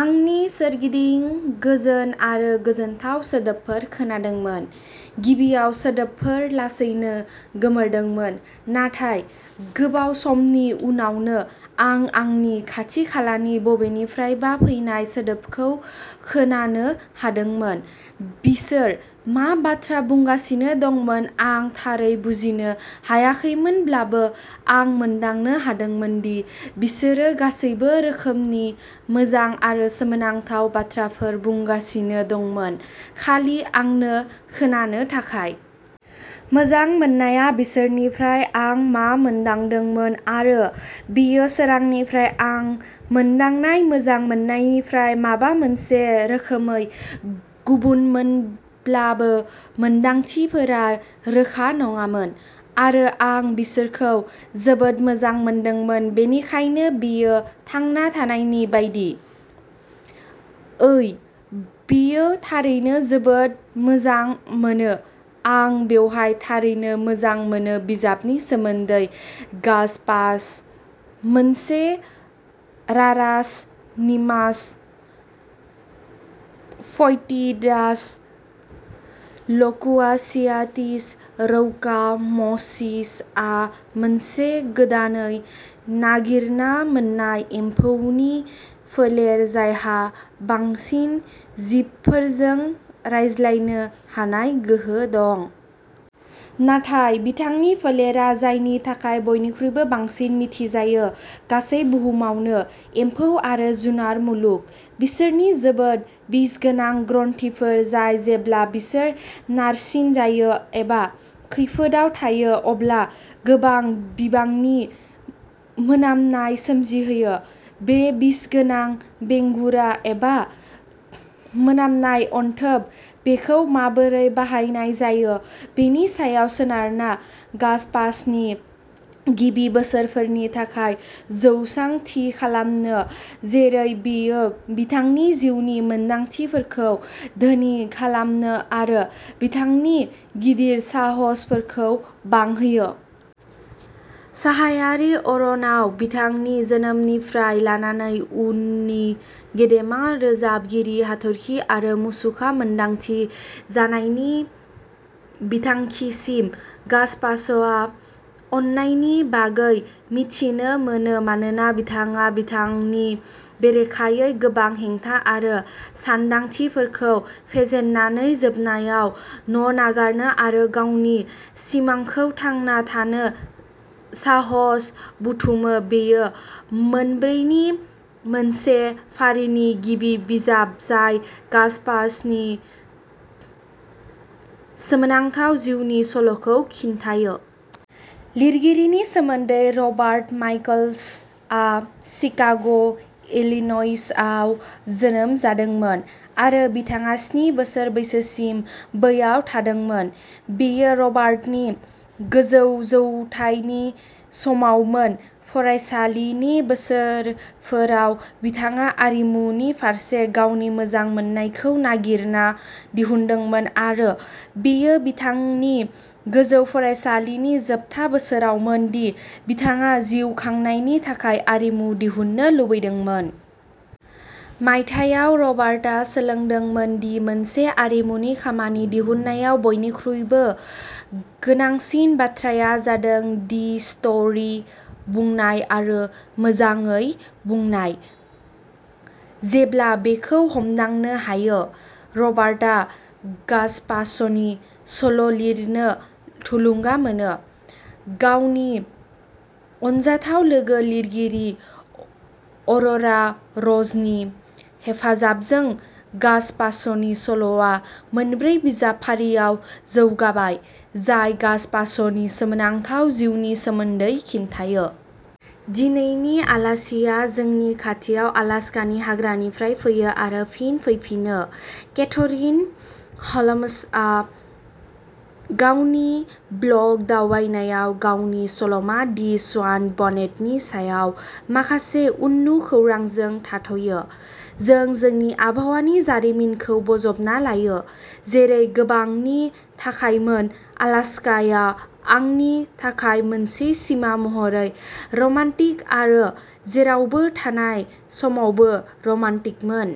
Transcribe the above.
आंनि सोरगिदिं गोजोन आरो गोजोनथाव सोदोबफोर खोनादोंमोन। गिबियाव सोदोबफोरा लासैनो गोमोरदोंमोन नाथाय गोबाव समनि उनावनो, आं आंनि खाथि-खालानि बबेनिफ्रायबा फैनाय सोदोबखौ खोनानो हादोंमोन। बिसोर मा बाथ्रा बुंगासिनो दंमोन आं थारै बुजिनो हायाखैमोनब्लाबो आं मोनदांनो हादोंमोन दि बिसोरो गासैबो रोखोमनि मोजां आरो सोमोनांथाव बाथ्राफोर बुंगासिनो दंमोन, खालि आंनो खोनानो थाखाय। मोजां मोननाया बिसोरनिफ्राय आं मा मोनदांदोंमोन। आरो बेयो सोरांनिफ्राय आं मोनदांनाय मोजां मोननायनिफ्राय माबा मोनसे रोखोमै गुबुनमोनब्लाबो, मोनदांथिफोरा रोखा नङामोन आरो आं बिसोरखौ जोबोद मोजां मोनदोंमोन बेनिखायनो बेयो थांना थानायनि बायदि। ओइ, बेयो थारैनो जोबोद मोजां मोनो आं बेवहाय थारैनो मोजां मोनो बिजाबनि सोमोन्दै गाजपाच', मोनसे "रारास निमास फ'इटिडास ल'कुवासियाटिस रौका म'सिस" आ मोनसे गोदानै नागिरना मोननाय एम्फौनि फोलेर जायहा बांसिन जिबफोरजों रायज्लायनो हानाय गोहो दं। नाथाय बिथांनि फोलेरा जायनि थाखाय बयनिख्रुइबो बांसिन मिथिजायो, गासै बुहुमावनो। एम्फौ आरो जुनार मुलुग, बिसोरनि जोबोद बिसगोनां ग्रन्थिफोर जाय जेब्ला बिसोर नारसिनजायो एबा खैफोदआव थायो अब्ला गोबां बिबांनि मोनामनाय सोमजिहोयो। बे बिसगोनां "बेंगुरा" एबा मोनामनाय "अनथोब", बेखौ माबोरै बाहायनाय जायो बेनि सायाव सोनारना, गाजपाच'नि गिबि बोसोरफोरनि थाखाय जौसां थि खालामो जेरै बेयो बिथांनि जिउनि मोनदांथिफोरखौ धोनि खालामो आरो बिथांनि गिदिर साहसफोरखौ बांहोयो। साहायारि अरनाव बिथांनि जोनोमनिफ्राय लानानै उननि गेदेमा रोजाबगिरि हाथरखि आरो मुसुखा मोनदांथि जानायनि बिथांखिसिम, गाज्पाच'आ अननायनि बागै मिथिनो मोनो मानोना बिथाङा बिथांनि बेरेखायै गोबां हेंथा आरो सानदांथिफोरखौ फेजेननानै जोबनायाव न'नागारनो आरो गावनि सिमांखौ थांना थानो साहस बुथुमो बेयो मोनब्रैनि मोनसे फारिनि गिबि बिजाब जाय गाज्पाच'नि सोमोनांथाव जिउनि सल'खौ खिन्थायो! लिरगिरिनि सोमोन्दै रबार्ट माइकल्स आ शिकाग', इलिन'इसआव जोनोम जादोंमोन आरो बिथाङा स्नि बोसोर बैसोसिम बैयाव थादोंमोन। बेयो रबार्टनि गोजौ जौथायनि समावमोन। फरायसालिनि बोसोरफोराव बिथाङा आरिमुनि फारसे गावनि मोजां मोननायखौ नागिरना दिहुनदोंमोन आरो बेयो बिथांनि गोजौ फरायसालिनि जोबथा बोसोरावमोन दि बिथाङा जिउ खांनायनि थाखाय आरिमु दिहुननो लुबैदोंमोन। मायथाइयाव रबार्टआ सोलोंदोंमोन दि मोनसे आरिमुनि खामानि दिहुननायाव बयनिख्रुइबो गोनांसिन बाथ्राया जादों "दि स्टरि" बुंनाय आरो मोजाङै बुंनाय। जेब्ला बेखौ हमदांनो हायो, रबार्टआ गाजपाच'नि सल'लिरनो थुलुंगा मोनो। गावनि अनजाथाव लोगो लिरगिरि अर'रा र'जनि हेफाजाबजों, गाजपाच'नि सल'आ मोनब्रै बिजाब फारिआव जौगाबाय, जाय गाज्पाच'नि सोमोनांथाव जिउनि सोमोन्दै खिन्थायो। दिनैनि आलासिआ जोंनि खाथियाव आलास्कानि हाग्रानिफ्राय फैयो आरो फिन फैफिनो। केथरिन ह'ल्मसआ गावनि ब्लग दावबायनायाव गावनि सल'मा दि स्वान बनेटनि सायाव माखासे उननु खौरांजों थाथ'यो। जों जोंनि आबहावानि जारिमिनखौ बोजबना लायो, जेरै गोबांनि थाखायमोन, आलास्काया आंनि थाखाय मोनसे सिमा महरै रमान्टिक आरो जेरावबो थानाय समावबो रमान्टिकमोन।